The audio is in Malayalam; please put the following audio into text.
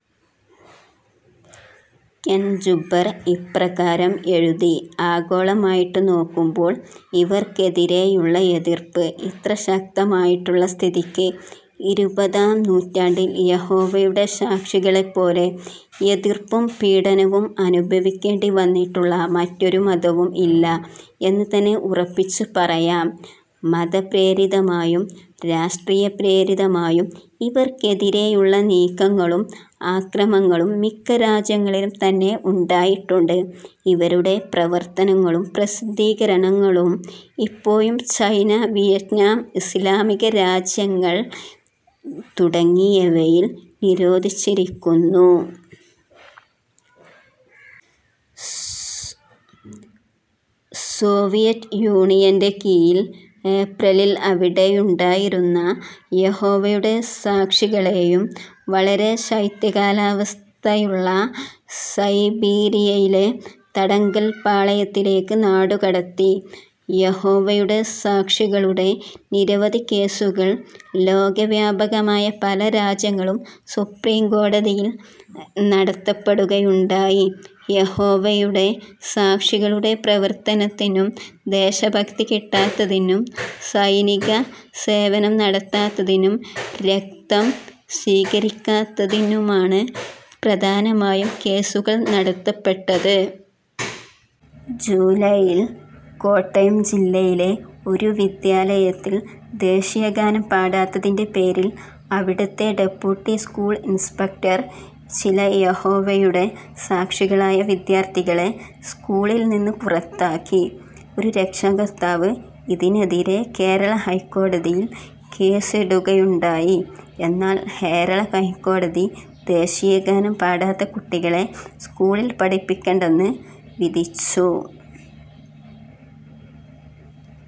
കെൻ ജുബ്ബർ ഇപ്രകാരം എഴുതി,"ആഗോളമായിട്ട് നോക്കുമ്പോൾ, ഇവർക്കെതിരെയുള്ള എതിർപ്പ് ഇത്രശക്തമായിട്ടുള്ള സ്ഥിതിക്ക് ഇരുപതാം നൂറ്റാണ്ടിൽ യഹോവയുടെ സാക്ഷികളെപോലെ എതിർപ്പും, പീഡനവും അനുഭവിക്കേണ്ടിവന്നിട്ടുള്ള മറ്റൊരു മതവും ഇല്ല എന്ന് തന്നെ ഉറപ്പിച്ച് പറയാം". മതപ്രേരിതമായും, രാഷ്ട്രീയപ്രേരിതമായും ഇവർക്കെതിരെയുള്ള നീക്കങ്ങളും അക്രമങ്ങളും മിക്ക രാജ്യങ്ങളിലും തന്നെ ഉണ്ടായിട്ടുണ്ട്. ഇവരുടെ പ്രവർത്തനങ്ങളും, പ്രസിദ്ധീകരണങ്ങളും ഇപ്പോഴും ചൈന, വിയറ്റ്നാം, ഇസ്ലാമിക രാജ്യങ്ങൾ തുടങ്ങിയവയിൽ നിരോധിച്ചിരിക്കുന്നു. സോവിയറ്റ് യൂണിയന്റെ കീഴിൽ ഏപ്രലിൽ അവിടെയുണ്ടായിരുന്ന യഹോവയുടെ സാക്ഷികളെയും വളരെ ശൈത്യകാലാവസ്ഥയുള്ള സൈബീരിയയിലെ തടങ്കൽ പാളയത്തിലേക്ക് നാടുകടത്തി. യഹോവയുടെ സാക്ഷികളുടെ നിരവധി കേസുകൾ ലോകവ്യാപകമായി പല രാജ്യങ്ങളുടെയും സുപ്രീം കോടതിയിൽ നടത്തപ്പെടുകയുണ്ടായി. യഹോവയുടെ സാക്ഷികളുടെ പ്രവർത്തനത്തിനും, ദേശഭക്തി കിട്ടാത്തതിനും, സൈനികസേവനം നടത്താത്തതിനും, രക്തം സ്വീകരിക്കാത്തതിനുമാണ് പ്രധാനമായും കേസുകൾ നടത്തപ്പെട്ടത്. ജുലൈയിൽ കോട്ടയം ജില്ലയിലെ ഒരു വിദ്യാലയത്തിൽ, ദേശീയഗാനം പാടാത്തതിന്റെ പേരിൽ അവിടത്തെ ഡെപ്യൂട്ടി സ്കൂൾ ഇൻസ്പക്റ്റർ ചില യഹോവയുടെ സാക്ഷികളായ വിദ്യാർത്ഥികളെ സ്കൂളിൽ നിന്ന് പുറത്താക്കി. ഒരു രക്ഷാകർത്താവ് ഇതിനെതിരെ കേരള ഹൈഹോടതിയിൽ കേസിടുകയുണ്ടായി. എന്നാൽ കേരള ഹൈക്കോടതി ദേശീയഗാനം പാടാത്ത കുട്ടികളെ സ്കൂളിൽ പഠിപ്പിക്കണ്ട എന്ന് വിധിച്ചു.